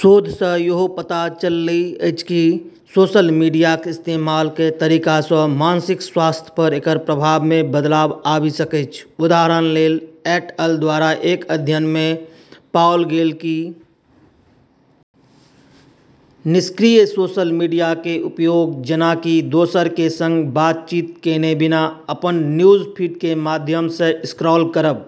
शोध सँ इहो पता चललै अछि कि सोशल मीडियाक इस्तेमाल के तरीका सँ मानसिक स्वास्थ्य पर एकर प्रभाव मे बदलाव आबि सकैछ। उदाहरण लेल, 'एट अल' द्वारा एक अध्ययन मे पाओल गेल कि निष्क्रिय सोशल मीडिया के उपयोग, जेना कि दोसर के संग बातचीत कएने बिना अपन न्यूजफीड के माध्यम सँ स्क्रॉल करब,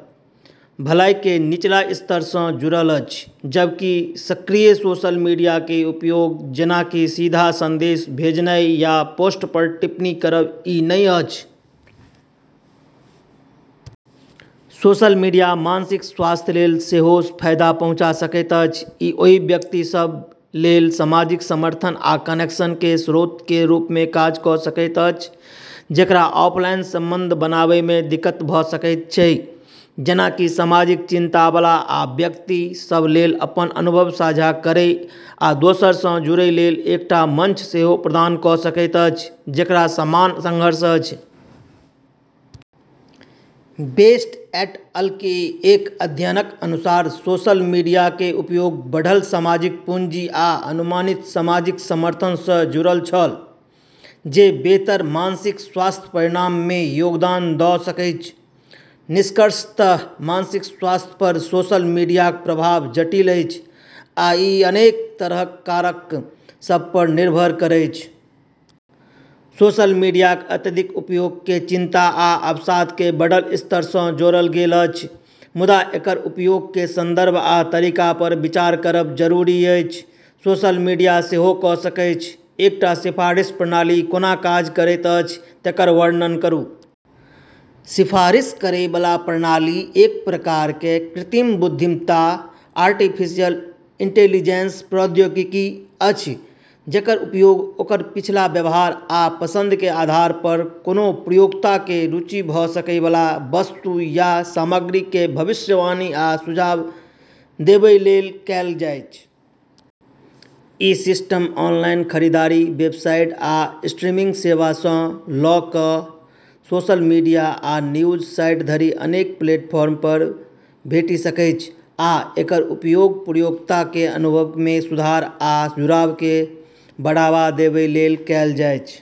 भलाई के निचला स्तर सँ जुड़ल अछि, जबकि सक्रिय सोशल मीडिया के उपयोग, जेना कि सीधा संदेश भेजनाइ या पोस्ट पर टिप्पणी करब, ई नहि अछि। सोशल मीडिया मानसिक स्वास्थ्य लेल सेहो फायदा पहुँचा सकैत अछि। ई ओहि व्यक्ति सभ लेल सामाजिक समर्थन आ कनेक्शन के स्रोत के रूप मे काज कऽ सकैत अछि, जेकरा ऑफलाइन संबंध बनाबै मे दिक्कत भऽ सकैत छै, जेना कि सामाजिक चिंता वाला, आ व्यक्ति सभ लेल अपन अनुभव साझा करै आ दोसर सँ जुड़ै लेल एकटा मंच सेहो प्रदान कऽ सकैत अछि, जेकरा समान संघर्ष अछि। बेस्ट एट अल के एक अध्ययनक अनुसार, सोशल मीडिया के उपयोग बढ़ल सामाजिक पूंजी आ अनुमानित सामाजिक समर्थन सँ जुड़ल छल, जे बेहतर मानसिक स्वास्थ्य परिणाम मे योगदान दऽ सकैछ। निष्कर्षतः मानसिक स्वास्थ्य पर सोशल मीडियाक प्रभाव जटिल अछि आ ई अनेक तरहक कारक सभ पर निर्भर करैछ। सोशल मीडियाक अत्यधिक उपयोग केँ चिंता आ अवसाद के बढ़ल स्तर सँ जोड़ल गेल अछि, मुदा एकर उपयोग के संदर्भ आ तरीका पर विचार करब जरूरी अछि। सोशल मीडिया सेहो कऽ सकैछ। एकटा सिफारिश प्रणाली कोना काज करैत अछि तकर वर्णन करू। सिफारिश करै वाला प्रणाली एक प्रकार के कृत्रिम बुद्धिमत्ता आर्टिफिशियल इंटेलिजेंस प्रौद्योगिकी अछि जेकर उपयोग ओकर पिछला व्यवहार आ पसंद के आधार पर, कोनो प्रयोक्ता के रुचि भऽ सकै वाला वस्तु या सामग्री के भविष्यवाणी आ सुझाव देबै लेल कएल जाइछ। ई सिस्टम ऑनलाइन खरीदारी वेबसाइट आ स्ट्रीमिंग सेवा सँ लऽ कऽ सोशल मीडिया आ न्यूज साइट धरि अनेक प्लेटफार्म पर भेटि सकैछ आ एकर उपयोग प्रयोक्ता के अनुभव मे सुधार आ जुड़ाव केँ बढ़ावा देबै लेल कएल जाइछ।